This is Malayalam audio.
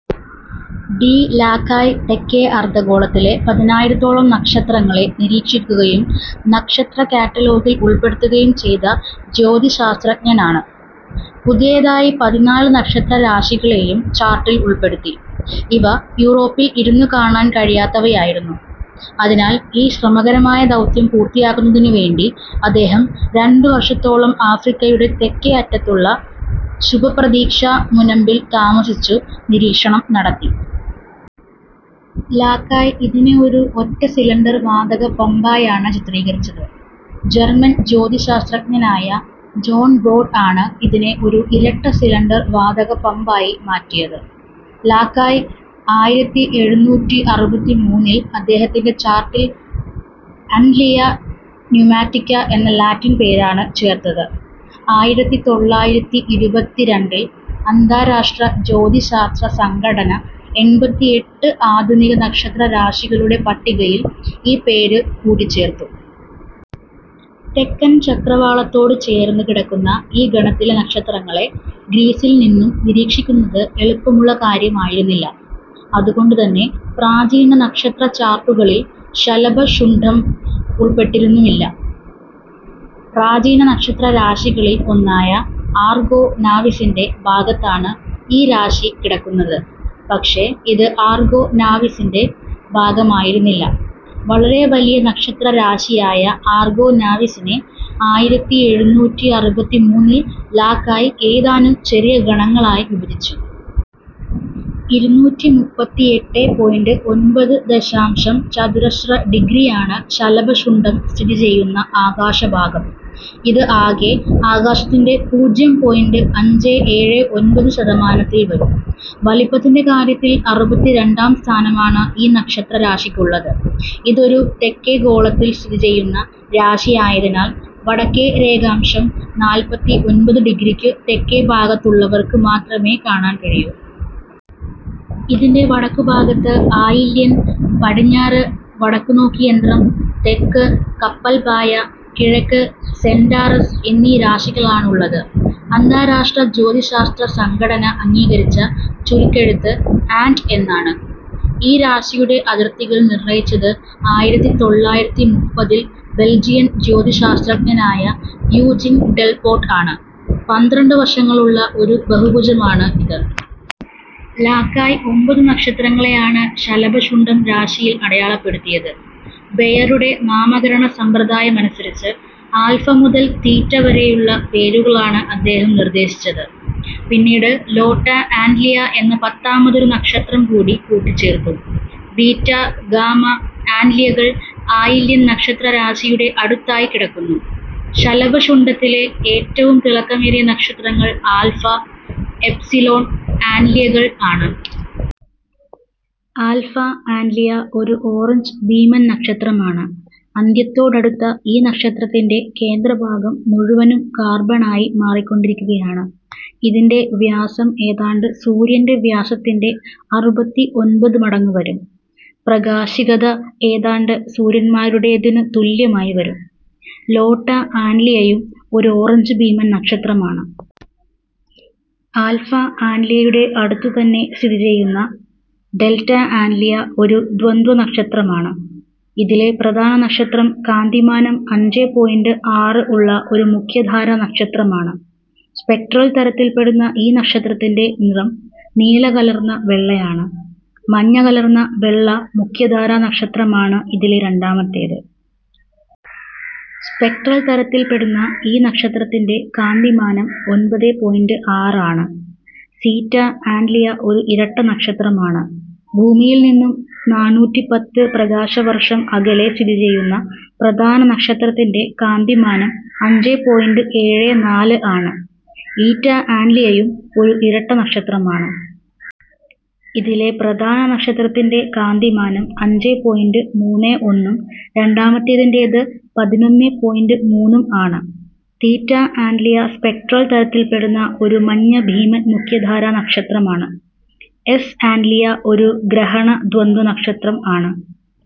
ഡി ലാകായ് തെക്കെ അർദ്ധഗോളത്തിലെ പതിനായിരത്തോളം നക്ഷത്രങ്ങളെ നിരീക്ഷിക്കുകയും നക്ഷത്ര കാറ്റലോഗിൽ ഉൾപ്പെടുത്തുകയും ചെയ്ത ജ്യോതിഃശാസ്ത്രജ്ഞനാണ്. പുതിയതായി പതിനാല് നക്ഷത്രരാശികളെയും ചാർട്ടിൽ ഉൾപ്പെടുത്തി. ഇവ യൂറോപ്പിൽ ഇരുന്നു കാണാൻ കഴിയാത്തവയായിരുന്നു. അതിനാൽ ഈ ശ്രമകരമായ ദൗത്യം പൂർത്തിയാക്കുന്നതിനു വേണ്ടി അദ്ദേഹം രണ്ടു വർഷത്തോളം ആഫ്രിക്കയുടെ തെക്കെ അറ്റത്തുള്ള ശുഭപ്രതീക്ഷാ മുനമ്പിൽ താമസിച്ചു നിരീക്ഷണം നടത്തി. ലാകായ് ഇതിനെ ഒരു ഒറ്റ സിലിണ്ടർ വാതക പമ്പായാണ് ചിത്രീകരിച്ചത്. ജർമ്മൻ ജ്യോതിഃശാസ്ത്രജ്ഞനായ ജോൺ ബോഡ് ആണ് ഇതിനെ ഒരു ഇരട്ട സിലിണ്ടർ വാതക പമ്പായി മാറ്റിയത്. ലാകായ് ആയിരത്തിഎഴുനൂറ്റിഅറുപത്തിമൂന്നിൽ അദ്ദേഹത്തിന്റെ ചാർട്ടിൽ അന്റ്ലിയ ന്യുമാറ്റിക്ക എന്ന ലാറ്റിൻ പേരാണ് ചേർത്തത്. ആയിരത്തിതൊള്ളായിരത്തിഇരുപത്തിരണ്ടിൽ അന്താരാഷ്ട്ര ജ്യോതിശാസ്ത്ര സംഘടന എൺപത്തിയെട്ട് ആധുനിക നക്ഷത്രരാശികളുടെ പട്ടികയിൽ ഈ പേരു കൂടി ചേർത്തു. തെക്കൻ ചക്രവാളത്തോട് ചേർന്നു കിടക്കുന്ന ഈ ഗണത്തിലെ നക്ഷത്രങ്ങളെ ഗ്രീസിൽ നിന്നും നിരീക്ഷിക്കുന്നത് എളുപ്പമുള്ള കാര്യമായിരുന്നില്ല. അതുകൊണ്ടുതന്നെ പ്രാചീന നക്ഷത്രചാർട്ടുകളിൽ ശലഭശുണ്ഡം ഉൾപ്പെട്ടിരുന്നുമില്ല. പ്രാചീന നക്ഷത്രരാശികളിൽ ഒന്നായ ആർഗോ നാവീസിന്റെ ഭാഗത്താണ് ഈ രാശി കിടക്കുന്നത്. പക്ഷെ ഇത് ആർഗോ നാവീസിന്റെ ഭാഗമായിരുന്നില്ല. വളരെ വലിയ നക്ഷത്രരാശിയായ ആർഗോ നാവീസിനെ ആയിരത്തിഎഴുനൂറ്റിഅറുപത്തിമൂന്നിൽ ലാകായ് ഏതാനും ചെറിയ ഗണങ്ങളായി വിഭജിച്ചു. ഇരുനൂറ്റിമുപ്പത്തിയെട്ടെ പോയിന്റ് ഒൻപത് ദശാംശം ചതുരശ്ര ഡിഗ്രിയാണ് ശലഭശുണ്ഡം സ്ഥിതി ചെയ്യുന്ന ആകാശഭാഗം. ഇത് ആകെ ആകാശത്തിന്റെ പൂജ്യം പോയിന്റ് അഞ്ചേ ഏഴേ ഒൻപത് ശതമാനത്തിൽ വരും. വലിപ്പത്തിന്റെ കാര്യത്തിൽ അറുപത്തിരണ്ടാം സ്ഥാനമാണ് ഈ നക്ഷത്രരാശിക്കുള്ളത്. ഇതൊരു തെക്കെ ഗോളത്തിൽ സ്ഥിതി ചെയ്യുന്ന രാശിയായതിനാൽ വടക്കെ രേഖാംശം നാല്പത്തിഒൻപത് ഡിഗ്രിക്കു തെക്കുഭാഗത്തുള്ളവർക്കു മാത്രമേ കാണാൻ കഴിയൂ. ഇതിന്റെ വടക്കുഭാഗത്ത് ആയില്യൻ, പടിഞ്ഞാറ് വടക്കുനോക്കിയന്ത്രം, തെക്ക് കപ്പൽപ്പായ, കിഴക്ക് സെന്റാറസ് എന്നീ രാശികളാണ് ഉള്ളത്. അന്താരാഷ്ട്ര ജ്യോതിശാസ്ത്ര സംഘടന അംഗീകരിച്ച ചുരുക്കെഴുത്ത് ആന്റ് എന്നാണ്. ഈ രാശിയുടെ അതിർത്തികൾ നിർണ്ണയിച്ചത് ആയിരത്തിതൊള്ളായിരത്തിമുപ്പതിൽ ബൽജിയൻ ജ്യോതിഃശാസ്ത്രജ്ഞനായ യൂജിൻ ഡെൽപോർട്ട് ആണ്. പന്ത്രണ്ട് വശങ്ങളുള്ള ഒരു ബഹുഭുജമാണ് ഇത്. ലകായ് ഒമ്പതു നക്ഷത്രങ്ങളെയാണ് ശലഭശുണ്ഡം രാശിയിൽ അടയാളപ്പെടുത്തിയത്. ബെയറുടെ നാമകരണ സമ്പ്രദായം അനുസരിച്ച് ആൽഫ മുതൽ തീറ്റ വരെയുള്ള പേരുകളാണ് അദ്ദേഹം നിർദ്ദേശിച്ചത്. പിന്നീട് ലോട്ട ആന്റ്ലിയ എന്ന പത്താമതൊരു നക്ഷത്രം കൂടി കൂട്ടിച്ചേർത്തു. ബീറ്റ, ഗാമ ആന്റ്ലിയകൾ ആയില്യൻ നക്ഷത്രരാശിയുടെ അടുത്തായി കിടക്കുന്നു. ശലഭശുണ്ഡത്തിലെ ഏറ്റവും തിളക്കമേറിയ നക്ഷത്രങ്ങൾ ആൽഫ, എപ്സിലോൺ ആന്റ്ലിയകൾ ആണ്. ആൽഫ ആന്റ്ലിയ ഒരു ഓറഞ്ച് ഭീമൻ നക്ഷത്രമാണ്. അന്ത്യത്തോടടുത്ത ഈ നക്ഷത്രത്തിന്റെ കേന്ദ്രഭാഗം മുഴുവനും കാർബൺ ആയി മാറിക്കൊണ്ടിരിക്കുകയാണ്. ഇതിന്റെ വ്യാസം ഏതാണ്ട് സൂര്യന്റെ വ്യാസത്തിന്റെ അറുപത്തിഒൻപത് മടങ്ങു വരും. പ്രാകാശികത ഏതാണ്ട് സൂര്യന്മാരുടേതിനു തുല്യമായി വരും. ലോട്ട ആന്റ്ലിയയും ഒരു ഓറഞ്ച് ഭീമൻ നക്ഷത്രമാണ്. ആൽഫ ആന്റ്ലിയയുടെ അടുത്തു തന്നെ സ്ഥിതി ചെയ്യുന്ന ഡെൽറ്റ ആന്റ്ലിയ ഒരു ദ്വന്ദ്വനക്ഷത്രം ആണ്. ഇതിലെ പ്രധാന നക്ഷത്രം കാന്തിമാനം അഞ്ചേ പോയിന്റ് ആറ് ഉള്ള ഒരു മുഖ്യധാരാനക്ഷത്രമാണ്. സ്പെക്ട്രൽ തരത്തിൽ പെടുന്ന ഈ നക്ഷത്രത്തിന്റെ നിറം നീല കലർന്ന വെള്ളയാണ്. മഞ്ഞ കലർന്ന വെള്ള മുഖ്യധാരാനക്ഷത്രമാണ് ഇതിലെ രണ്ടാമത്തേത്. സ്പെക്ട്രൽ തരത്തിൽ പെടുന്ന ഈ നക്ഷത്രത്തിന്റെ കാന്തിമാനം ഒൻപതേ പോയിന്റ് ആറ് ആണ്. സീറ്റ ആന്റ്ലിയ ഒരു ഇരട്ട നക്ഷത്രമാണ്. ഭൂമിയിൽ നിന്നും നാണൂറ്റിപത്ത് പ്രകാശവർഷം അകലെ സ്ഥിതി ചെയ്യുന്ന പ്രധാന നക്ഷത്രത്തിന്റെ കാന്തിമാനം അഞ്ചേ പോയിന്റ് ഏഴേ നാല് ആണ്. ഈറ്റ ആന്റ്ലിയയും ഒരു ഇരട്ട നക്ഷത്രമാണ്. ഇതിലെ പ്രധാന നക്ഷത്രത്തിന്റെ കാന്തിമാനം അഞ്ചേ പോയിന്റ് മുന്നേ ഒന്നും രണ്ടാമത്തേതിന്റേത് പതിനൊന്നേ പോയിന്റ് മൂന്നും ആണ്. തീറ്റ ആന്റ്ലിയ സ്പെക്ട്രൽ തരത്തിൽ പെടുന്ന ഒരു മഞ്ഞഭീമൻ മുഖ്യധാരാനക്ഷത്രമാണ്. എസ് ആന്റ്ലിയ ഒരു ഗ്രഹണ ദ്വന്ദ്വനക്ഷത്രം ആണ്.